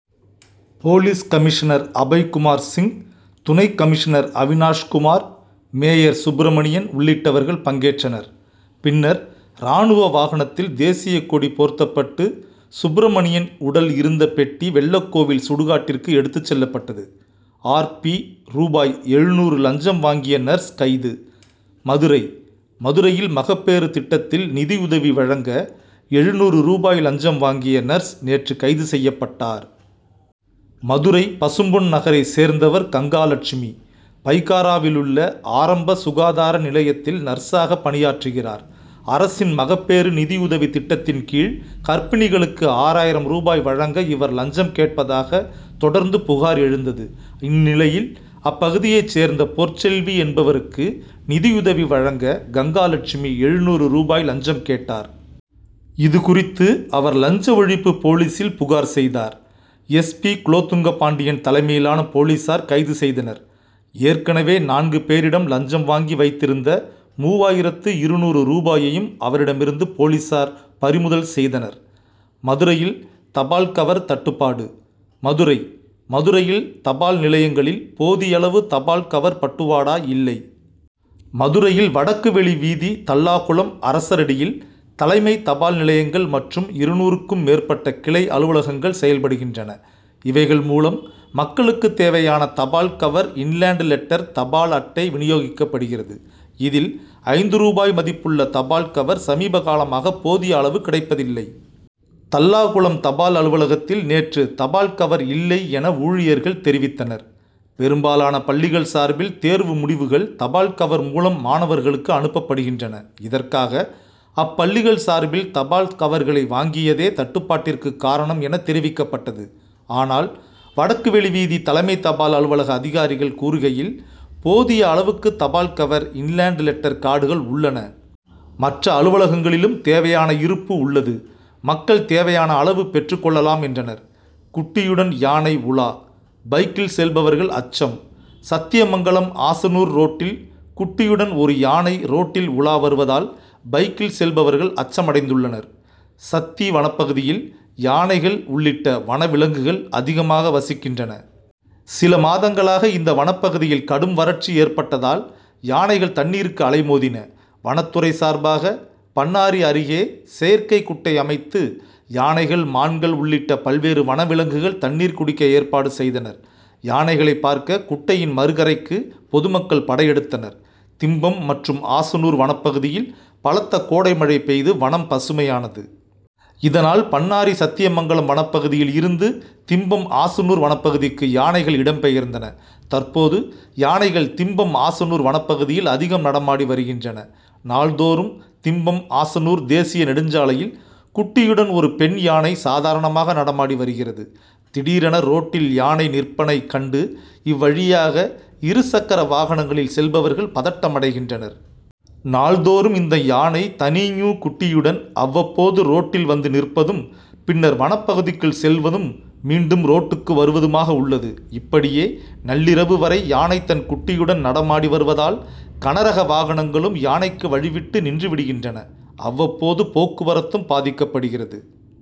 Police commissioner Abhaykumar Singh துணை commissioner Avinash Kumar mayor Subramanian உள்ளிட்டவர்கள் பங்கேற்றனர். பின்னர் ராணுவ வாகனத்தில் தேசியக்கொடி போர்த்தப்பட்டு சுப்ரமணியன் உடல் இருந்த பெட்டி வெள்ளக்கோவில் சுடுகாட்டிற்கு எடுத்துச் செல்லப்பட்டது. ஆர். பி. ரூபாய் எழுநூறு லஞ்சம் வாங்கிய நர்ஸ் கைது மதுரை மதுரையில் மகப்பேறு திட்டத்தில் நிதியுதவி வழங்க எழுநூறு ரூபாய் லஞ்சம் வாங்கிய நர்ஸ் நேற்று கைது செய்யப்பட்டார். மதுரை பசும்பொன் நகரை சேர்ந்தவர் கங்காலட்சுமி. பைகாராவிலுள்ள ஆரம்ப சுகாதார நிலையத்தில் நர்ஸாக பணியாற்றுகிறார். அரசின் மகப்பேறு நிதியுதவி திட்டத்தின்கீழ் கர்ப்பிணிகளுக்கு ஆறாயிரம் ரூபாய் வழங்க இவர் லஞ்சம் கேட்பதாக தொடர்ந்து புகார் எழுந்தது. இந்நிலையில் அப்பகுதியை சேர்ந்த பொற்செல்வி என்பவருக்கு நிதியுதவி வழங்க கங்காலட்சுமி எழுநூறு ரூபாய் லஞ்சம் கேட்டார். இதுகுறித்து அவர் லஞ்ச ஒழிப்பு போலீசில் புகார் செய்தார். எஸ். பி. குலோத்துங்க பாண்டியன் தலைமையிலான போலீசார் கைது செய்தனர். ஏற்கனவே நான்கு பேரிடம் லஞ்சம் வாங்கி வைத்திருந்த மூவாயிரத்து இருநூறு ரூபாயையும் அவரிடமிருந்து போலீசார் பறிமுதல் செய்தனர். மதுரையில் தபால் கவர் தட்டுபாடு மதுரை மதுரையில் தபால் நிலையங்களில் போதியளவு தபால் கவர் பட்டுவாடா இல்லை. மதுரையில் வடக்கு வெளி வீதி தல்லாகுளம் அரசரடியில் தலைமை தபால் நிலையங்கள் மற்றும் இருநூறுக்கும் மேற்பட்ட கிளை அலுவலகங்கள் செயல்படுகின்றன. இவைகள் மூலம் மக்களுக்கு தேவையான தபால் கவர் இன்லேண்ட் லெட்டர் தபால் அட்டை வினியோகிக்கப்படுகிறது. இதில் ஐந்து ரூபாய் மதிப்புள்ள தபால் கவர் சமீபகாலமாக போதிய அளவு கிடைப்பதில்லை. தல்லாகுளம் தபால் அலுவலகத்தில் நேற்று தபால் கவர் இல்லை என ஊழியர்கள் தெரிவித்தனர். பெரும்பாலான பள்ளிகள் சார்பில் தேர்வு முடிவுகள் தபால் கவர் மூலம் மாணவர்களுக்கு அனுப்பப்படுகின்றன. இதற்காக அப்பள்ளிகள் சார்பில் தபால் கவர்களை வாங்கியதே தட்டுப்பாட்டிற்கு காரணம் என தெரிவிக்கப்பட்டது. ஆனால் வடக்கு வெளி வீதி தலைமை தபால் அலுவலக அதிகாரிகள் கூறுகையில் போதிய அளவுக்கு தபால் கவர் இன்லேண்ட் லெட்டர் கார்டுகள் உள்ளன. மற்ற அலுவலகங்களிலும் தேவையான இருப்பு உள்ளது. மக்கள் தேவையான அளவு பெற்று கொள்ளலாம் என்றனர். குட்டியுடன் யானை உலா பைக்கில் செல்பவர்கள் அச்சம் சத்தியமங்கலம் ஆசனூர் ரோட்டில் குட்டியுடன் ஒரு யானை ரோட்டில் உலா வருவதால் பைக்கில் செல்பவர்கள் அச்சமடைந்துள்ளனர். சத்தி வனப்பகுதியில் யானைகள் உள்ளிட்ட வனவிலங்குகள் அதிகமாக வசிக்கின்றன. சில மாதங்களாக இந்த வனப்பகுதியில் கடும் வறட்சி ஏற்பட்டதால் யானைகள் தண்ணீருக்கு அலைமோதின. வனத்துறை சார்பாக பண்ணாரி அருகே செயற்கை குட்டை அமைத்து யானைகள் மான்கள் உள்ளிட்ட பல்வேறு வனவிலங்குகள் தண்ணீர் குடிக்க ஏற்பாடு செய்தனர். யானைகளை பார்க்க குட்டையின் மறுகரைக்கு பொதுமக்கள் படையெடுத்தனர். திம்பம் மற்றும் ஆசனூர் வனப்பகுதியில் பலத்த கோடை மழை பெய்து வனம் பசுமையானது. இதனால் பண்ணாரி சத்தியமங்கலம் வனப்பகுதியில் இருந்து திம்பம் ஆசனூர் வனப்பகுதிக்கு யானைகள் இடம் பெயர்ந்தன. தற்போது யானைகள் திம்பம் ஆசனூர் வனப்பகுதியில் அதிகம் நடமாடி வருகின்றன. நாள்தோறும் திம்பம் ஆசனூர் தேசிய நெடுஞ்சாலையில் குட்டியுடன் ஒரு பெண் யானை சாதாரணமாக நடமாடி வருகிறது. திடீரென ரோட்டில் யானை நிற்பனைக் கண்டு இவ்வழியாக இருசக்கர வாகனங்களில் செல்பவர்கள் பதட்டமடைகின்றனர். நாள்தோறும் இந்த யானை தணீஞூ குட்டியுடன் அவ்வப்போது ரோட்டில் வந்து நிற்பதும் பின்னர் வனப்பகுதிக்குள் செல்வதும் மீண்டும் ரோட்டுக்கு வருவதுமாக உள்ளது. இப்படியே நள்ளிரவு வரை யானை தன் குட்டியுடன் நடமாடி வருவதால் கன ரக வாகனங்களும் யானைக்கு வழிவிட்டு நின்று விடுகின்றன. அவ்வப்போது போக்குவரத்தும் பாதிக்கப்படுகிறது.